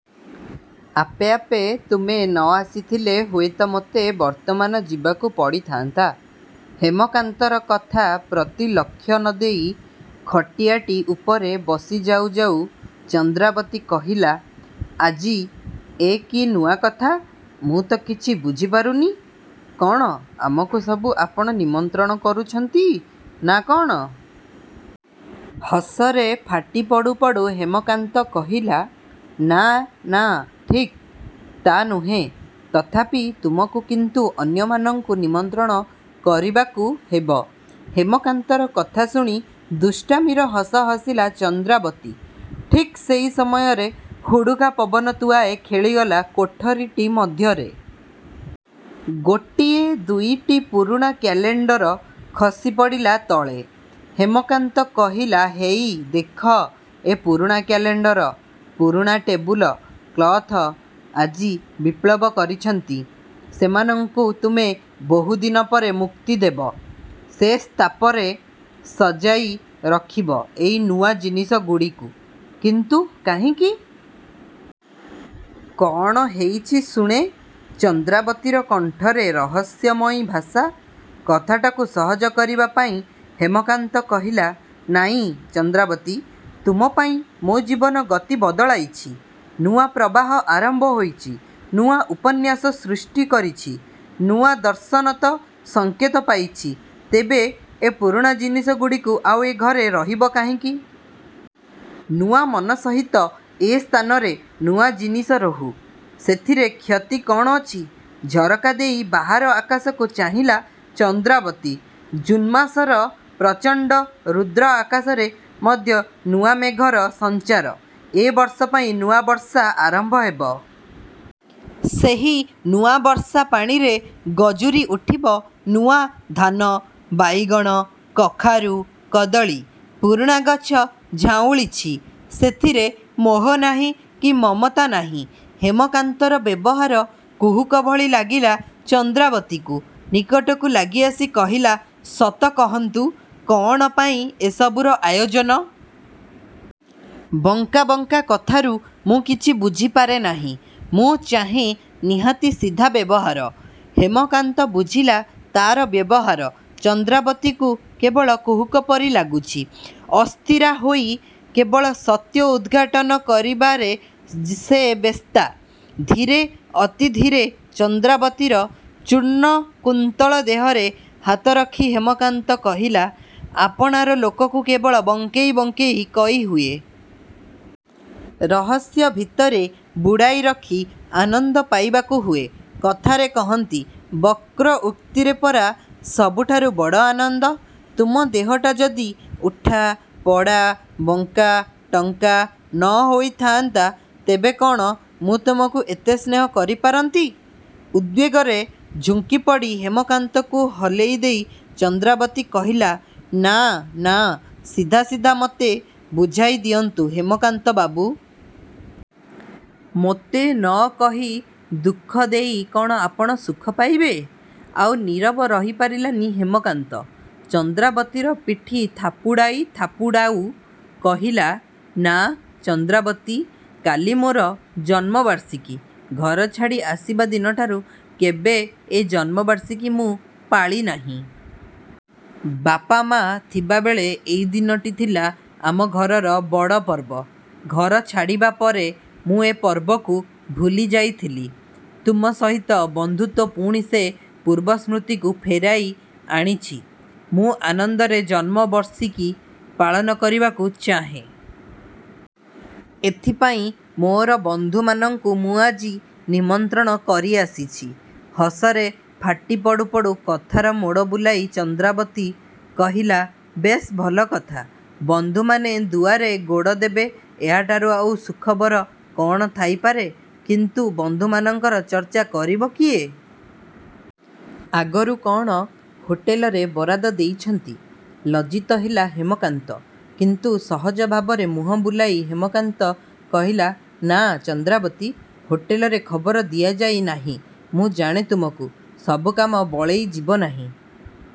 ଆପେ ଆପେ ତୁମେ ନ ଆସିଥିଲେ ହୁଏତ ମୋତେ ବର୍ତ୍ତମାନ ଯିବାକୁ ପଡ଼ିଥାନ୍ତା। ହେମକାନ୍ତର କଥା ପ୍ରତି ଲକ୍ଷ୍ୟ ନ ଦେଇ ଖଟିଆଟି ଉପରେ ବସି ଯାଉ ଯାଉ ଚନ୍ଦ୍ରାବତୀ କହିଲା ଆଜି ଏ କି ନୂଆ କଥା। ମୁଁ ତ କିଛି ବୁଝିପାରୁନି। କଣ ଆମକୁ ସବୁ ଆପଣ ନିମନ୍ତ୍ରଣ କରୁଛନ୍ତି ନାଁ କଣ? ହସରେ ଫାଟି ପଡ଼ୁ ପଡ଼ୁ ହେମକାନ୍ତ କହିଲା ନାଁ ନାଁ ଠିକ୍ ତା ନୁହେଁ ତଥାପି ତୁମକୁ କିନ୍ତୁ ଅନ୍ୟମାନଙ୍କୁ ନିମନ୍ତ୍ରଣ କରିବାକୁ ହେବ। ହେମକାନ୍ତର କଥା ଶୁଣି ଦୁଷ୍ଟାମୀର ହସ ହସିଲା ଚନ୍ଦ୍ରାବତୀ। ଠିକ୍ ସେହି ସମୟରେ ହୁଡ଼ୁକା ପବନ ତୁଆଏ ଖେଳିଗଲା କୋଠରୀଟି ମଧ୍ୟରେ। ଗୋଟିଏ ଦୁଇଟି ପୁରୁଣା କ୍ୟାଲେଣ୍ଡର ଖସିପଡ଼ିଲା ତଳେ। ହେମକାନ୍ତ କହିଲା ହେଇ ଦେଖ ଏ ପୁରୁଣା କ୍ୟାଲେଣ୍ଡର, ପୁରୁଣା ଟେବୁଲ କ୍ଲଥ୍ ଆଜି ବିପ୍ଲବ କରିଛନ୍ତି। ସେମାନଙ୍କୁ ତୁମେ ବହୁଦିନ ପରେ ମୁକ୍ତି ଦେବ। ସେ ସ୍ଥାପରେ ସଜାଇ ରଖିବ ଏଇ ନୂଆ ଜିନିଷଗୁଡ଼ିକୁ। କିନ୍ତୁ କାହିଁକି? କଣ ହେଇଛି ଶୁଣେ। ଚନ୍ଦ୍ରାବତୀର କଣ୍ଠରେ ରହସ୍ୟମୟୀ ଭାଷା। କଥାଟାକୁ ସହଜ କରିବା ପାଇଁ ହେମକାନ୍ତ କହିଲା ନାଇଁ ଚନ୍ଦ୍ରାବତୀ, ତୁମପାଇଁ ମୋ ଜୀବନ ଗତି ବଦଳାଇଛି। ନୂଆ ପ୍ରବାହ ଆରମ୍ଭ ହୋଇଛି, ନୂଆ ଉପନ୍ୟାସ ସୃଷ୍ଟି କରିଛି, ନୂଆ ଦର୍ଶନତ ସଙ୍କେତ ପାଇଛି। ତେବେ ଏ ପୁରୁଣା ଜିନିଷଗୁଡ଼ିକ ଆଉ ଏ ଘରେ ରହିବ କାହିଁକି? ନୂଆ ମନ ସହିତ ଏ ସ୍ଥାନରେ ନୂଆ ଜିନିଷ ରହୁ। ସେଥିରେ କ୍ଷତି କ'ଣ ଅଛି? ଝରକା ଦେଇ ବାହାର ଆକାଶକୁ ଚାହିଁଲା ଚନ୍ଦ୍ରାବତୀ। ଜୁନ୍ମାସର ପ୍ରଚଣ୍ଡ ରୁଦ୍ର ଆକାଶରେ ମଧ୍ୟ ନୂଆ ମେଘର ସଞ୍ଚାର। ଏ ବର୍ଷ ପାଇଁ ନୂଆ ବର୍ଷା ଆରମ୍ଭ ହେବ। ସେହି ନୂଆ ବର୍ଷା ପାଣିରେ ଗଜୁରି ଉଠିବ ନୂଆ ଧାନ, ବାଇଗଣ, କଖାରୁ, କଦଳୀ। ପୁରୁଣା ଗଛ ଝାଉଁଳିଛି। ସେଥିରେ ମୋହ ନାହିଁ କି ମମତା ନାହିଁ। ହେମକାନ୍ତର ବ୍ୟବହାର କୁହୁକ ଭଳି ଲାଗିଲା ଚନ୍ଦ୍ରାବତୀକୁ। ନିକଟକୁ ଲାଗି ଆସି କହିଲା ସତ କହନ୍ତୁ କଣ ପାଇଁ ଏ ସବୁର ଆୟୋଜନ। ବଙ୍କା ବଙ୍କା କଥାରୁ ମୁଁ କିଛି ବୁଝି ପାରେନାହିଁ। ମୁଁ ଚାହେଁ ନିହାତି ସିଧା ବ୍ୟବହାର। ହେମକାନ୍ତ ବୁଝିଲା ତାର ବ୍ୟବହାର ଚନ୍ଦ୍ରାବତୀକୁ କେବଳ କୁହୁକ ପରି ଲାଗୁଛି। ଅସ୍ଥିରା ହୋଇ କେବଳ ସତ୍ୟ ଉଦ୍ଘାଟନ କରିବାରେ ସେ ବ୍ୟସ୍ତା। ଧୀରେ ଅତି ଧୀରେ ଚନ୍ଦ୍ରାବତୀର ଚୂର୍ଣ୍ଣ କୁନ୍ତଳ ଦେହରେ ହାତ ରଖି ହେମକାନ୍ତ କହିଲା ଆପଣାର ଲୋକକୁ କେବଳ ବଙ୍କେଇ ବଙ୍କେଇ କହି ହୁଏ। ରହସ୍ୟ ଭିତରେ ବୁଡ଼ାଇରଖି ଆନନ୍ଦ ପାଇବାକୁ ହୁଏ। କଥାରେ କହନ୍ତି ବକ୍ର ଉକ୍ତିରେ ପରା ସବୁଠାରୁ ବଡ଼ ଆନନ୍ଦ। ତୁମ ଦେହଟା ଯଦି ଉଠା, ପଡ଼ା, ବଙ୍କା, ଟଙ୍କା ନ ହୋଇଥାନ୍ତା ତେବେ କଣ ମୁଁ ତୁମକୁ ଏତେ ସ୍ନେହ କରି ପାରନ୍ତି, ଉଦ୍ବେଗରେ ଝୁଙ୍କି ପଡ଼ି ହେମକାନ୍ତକୁ ହଲେଇ ଦେଇ ଚନ୍ଦ୍ରାବତୀ କହିଲା ନାଁ ନାଁ ସିଧା ସିଧା ମୋତେ ବୁଝାଇ ଦିଅନ୍ତୁ ହେମକାନ୍ତ ବାବୁ। ମୋତେ ନ କହି ଦୁଃଖ ଦେଇ କଣ ଆପଣ ସୁଖ ପାଇବେ? ଆଉ ନୀରବ ରହି ପାରିଲାନି ହେମକାନ୍ତ। ଚନ୍ଦ୍ରାବତୀର ପିଠି ଥାପୁଡ଼ାଇ ଥାପୁଡ଼ାଉ କହିଲା ନାଁ ଚନ୍ଦ୍ରାବତୀ କାଲି ମୋର ଜନ୍ମବାର୍ଷିକୀ। ଘର ଛାଡ଼ି ଆସିବା ଦିନଠାରୁ କେବେ ଏ ଜନ୍ମବାର୍ଷିକୀ ମୁଁ ପାଳିନାହିଁ। ବାପା ମାଆ ଥିବାବେଳେ ଏଇ ଦିନଟି ଥିଲା ଆମ ଘରର ବଡ଼ ପର୍ବ। ଘର ଛାଡ଼ିବା ପରେ ମୁଁ ଏ ପର୍ବକୁ ଭୁଲି ଯାଇଥିଲି। ତୁମ ସହିତ ବନ୍ଧୁତ୍ୱ ପୁଣି ସେ ପୂର୍ବ ସ୍ମୃତିକୁ ଫେରାଇ ଆଣିଛି। ମୁଁ ଆନନ୍ଦରେ ଜନ୍ମବର୍ଷିକୀ ପାଳନ କରିବାକୁ ଚାହେଁ। ଏଥିପାଇଁ ମୋର ବନ୍ଧୁମାନଙ୍କୁ ମୁଁ ଆଜି ନିମନ୍ତ୍ରଣ କରି ଆସିଛି। ହସରେ ଫାଟି ପଡ଼ୁ ପଡ଼ୁ କଥାର ମୋଡ଼ ବୁଲାଇ ଚନ୍ଦ୍ରାବତୀ କହିଲା ବେଶ୍ ଭଲ କଥା, ବନ୍ଧୁମାନେ ଦୁଆରେ ଗୋଡ଼ ଦେବେ ଏହାଠାରୁ ଆଉ ସୁଖବର କଣ ଥାଇପାରେ କିନ୍ତୁ ବନ୍ଧୁମାନଙ୍କର ଚର୍ଚ୍ଚା କରିବ କିଏ? ଆଗରୁ କଣ ହୋଟେଲରେ ବରାଦ ଦେଇଛନ୍ତି? ଲଜ୍ଜିତ ହେଲା ହେମକାନ୍ତ କିନ୍ତୁ ସହଜ ଭାବରେ ମୁହଁ ବୁଲାଇ ହେମକାନ୍ତ କହିଲା ନାଁ ଚନ୍ଦ୍ରାବତୀ ହୋଟେଲରେ ଖବର ଦିଆଯାଇ ନାହିଁ। ମୁଁ ଜାଣେ ତୁମକୁ, ସବୁ କାମ ବଳେଇ ଯିବନାହିଁ।